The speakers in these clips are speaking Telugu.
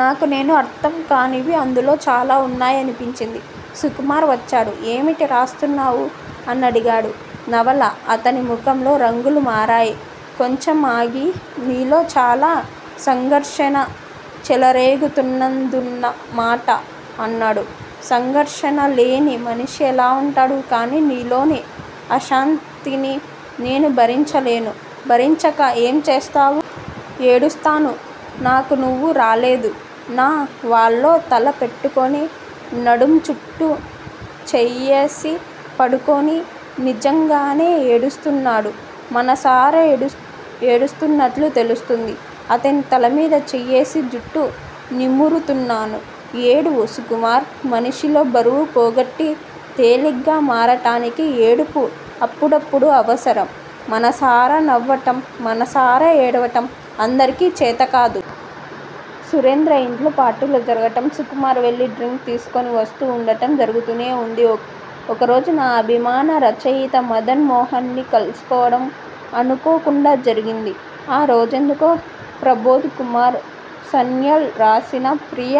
నాకు నేను అర్థం కానివి అందులో చాలా ఉన్నాయనిపించింది. సుకుమార్ వచ్చాడు. ఏమిటి రాస్తున్నావు? అనడిగాడు. 'నవల' అతని ముఖంలో రంగులు మారాయి. కొంచమాగి నీలో చాలా సంఘర్షణ చెలరేగుతున్నదన్నమాట అన్నాడు. సంఘర్షణలేని మనిషెలా ఉంటారు? కాని నీలోని అశాంతిని నేను భరించలేను. భరించక ఏం చేస్తావు? ఏడుస్తాను నాకు నవ్వు రాలేదు. నా వళ్ళో తల పెట్టుకుని నడుం చుట్టూ చెయ్యేసి పడుకుని నిజంగానే ఏడుస్తున్నాడు. మనసారా ఏడుస్తున్నట్లు తెలుస్తుంది. అతని తలమీద చెయ్యేసి జుట్టు నిమురుతున్నాను. ఏడువు సుకుమార్. మనిషిలో బరువు పోగొట్టి తేలిగ్గా మారటానికి ఏడుపు అప్పుడప్పుడు అవసరం. మనసారా నవ్వటం, మనసారా ఏడవటం అందరికీ చేతకాదు. సురేంద్ర ఇంట్లో పార్టీలు జరగటం, సుకుమార్ వెళ్ళి డ్రింక్ తీసుకుని వస్తూ ఉండటం జరుగుతూనే ఉంది. ఒకరోజు నా అభిమాన రచయిత మదన్ మోహన్ ని కలుసుకోవడం అనుకోకుండా జరిగింది. ఆ రోజెందుకో ప్రభోద్ కుమార్ సన్యాల్ రాసిన ప్రియ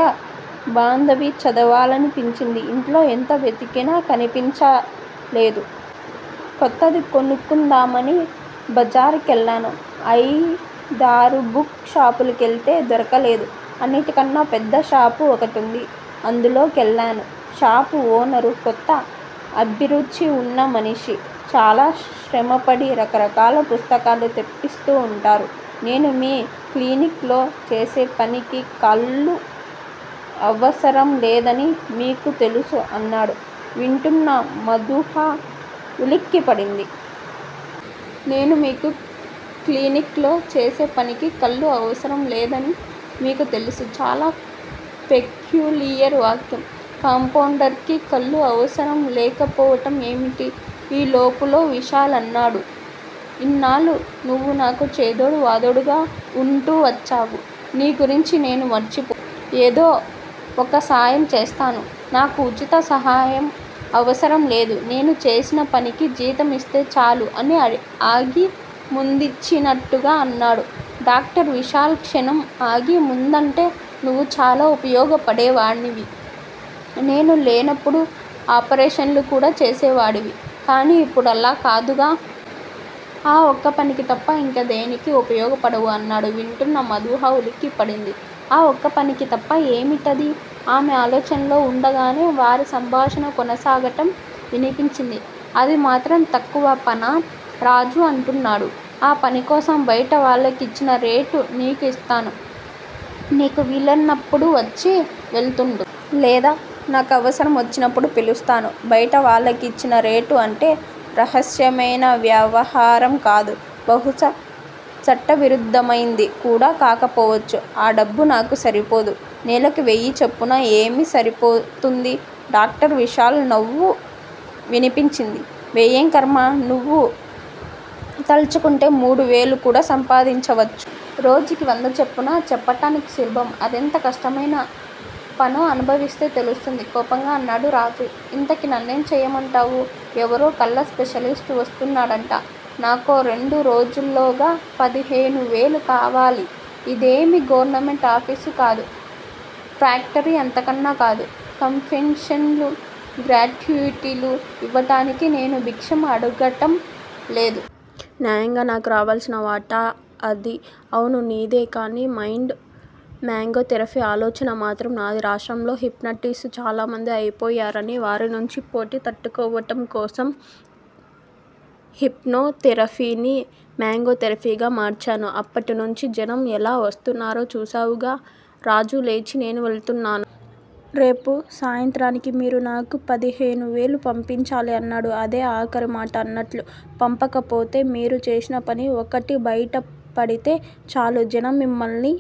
బాంధవి చదవాలనిపించింది. ఇంట్లో ఎంత వెతికినా కనిపించలేదు. కొత్తది కొనుక్కుందామని బజారుకెళ్ళాను. అయిదారు బుక్ షాపులకెళితే దొరకలేదు. అన్నిటికన్నా పెద్ద షాపు ఒకటుంది. అందులో కెళ్లాను. షాపు ఓనర్ కొంత అభిరుచి ఉన్న మనిషి. చాలా శ్రమపడి రకరకాల పుస్తకాలు తెప్పిస్తూ ఉంటారు. నేను మీ క్లినిక్ లో చేసేపనికి కళ్ళు అవసరంలేదని మీకు తెలుసు అన్నాడు వింటూన్న మధూహ ఉలిక్కిపడింది. నేను మీ క్లినిక్ లో చేసేపనికి కళ్ళు అవసరంలేదని మీకు తెలుసు. చాలా పెక్యూలియర్ వాక్యం. కాంపౌండర్ కి కళ్ళ అవసరం లేకపోవటం ఏమిటి? ఈ లోపులో విశాల్ అన్నాడు ఇన్నాళ్ళూ నువ్వు నాకు చేదోడు వాదోడుగా వుంటూ వచ్చావు. నీ గురించి నేను మర్చిపోను. ఏదో ఒకసాయం చేస్తాను. నాకు ఉచిత సహాయం అవసరం లేదు. నేను చేసినపనికి జీతం ఇస్తే చాలు అని ఆగి, ముందిచ్చినట్టుగా అన్నాడు. డాక్టర్ విశాల్ క్షణం ఆగి, ముందంటే నువ్వు చాలా ఉపయోగపడేవాడివి. నేను లేనప్పుడు ఆపరేషన్లు కూడా చేసేవాడివి. కానీ ఇప్పుడలా కాదుగా. ఆ ఒక్కపనికి తప్ప ఇంకదేనికీ ఉపయోగపడవు అన్నాడు. వింటూన్న మధూహ ఉలిక్కిపడింది. ఆ ఒక్కపనికి తప్ప! ఏమిటది? ఆమె ఆలోచనల్లో వుండగానే వారి సంభాషణ కొనసాగటం వినిపించింది. అది మాత్రం తక్కువ పనా? రాజు అంటున్నాడు. ఆ పనికోసం బయటవాళ్ళకిచ్చిన రేటు నీకూ ఇస్తాను. నీకు వీలున్నప్పుడు వచ్చి వెళ్తుండు. లేదా నాకవసరం వచ్చినప్పుడు పిలిపిస్తాను బయటవాళ్ళకిచ్చిన రేటు. అంటే రహస్యమైన వ్యవహారం కాదు. బహుశ చట్టవిరుద్ధమైంది. కూడా కాకపోవచ్చు. ఆ డబ్బు నాకు సరిపోదు. నెలకి వెయ్యి చొప్పున ఏమి సరిపోతుంది? డాక్టర్ విశాల్ నవ్వు వినిపించింది. వెయ్యేం ఖర్మ? నువ్వు తల్చుకుంటే మూడువేలు కూడా సంపాదించవచ్చు. రోజుకి వంద చొప్పున. చెప్పటానికి సులభం. అదెంత కష్టమైనపనో అనుభవిస్తే తెలుస్తుంది కోపంగా అన్నాడు రాజు. ఇంతకీ నన్నేం చెయ్యమంటావు? ఎవరో కళ్ళ స్పెషలిస్ట్ వస్తున్నాడట. నాకో రెండురోజుల్లోగ పదిహేను వేలు కావాలి. ఇదేమీ గవర్నమెంటు ఆఫీసు కాదు. ఫ్యాక్టరీ అంతకన్నా కాదు, కంపన్సేషన్లూ, గ్రాట్యుయిటీలు ఇవ్వటానికి నేను భిక్షం అడగటంలేదు. న్యాయంగా నాకు రావలసిన వాటా అది. అవును. నీదే. కానీ మైండ్ మాగ్నో థెరపీ ఆలోచన మాత్రం నాది! రాష్ట్రంలో హిప్నాటిస్టు చాలామంది అయిపోయారనీ, వారినుంచి పోటీ తట్టుకోవటం కోసం హిప్నో థెరపీని, మాగ్నో థెరపీగా మార్చాను. అప్పటినుంచీ జనం ఎలా వస్తున్నారో చూసావుగా రాజులేచి, నేను వెళ్తూన్నాను. రేపు సాయంత్రానికి మీరు నాకు పదిహేను వేలు పంపించాలి అన్నాడు అదే ఆఖరి మాట అన్నట్టు. పంపకపోతే? మీరు చేసిన పని 'ఒక్కటి' బయటపడితే చాలు. జనం మిమ్మల్ని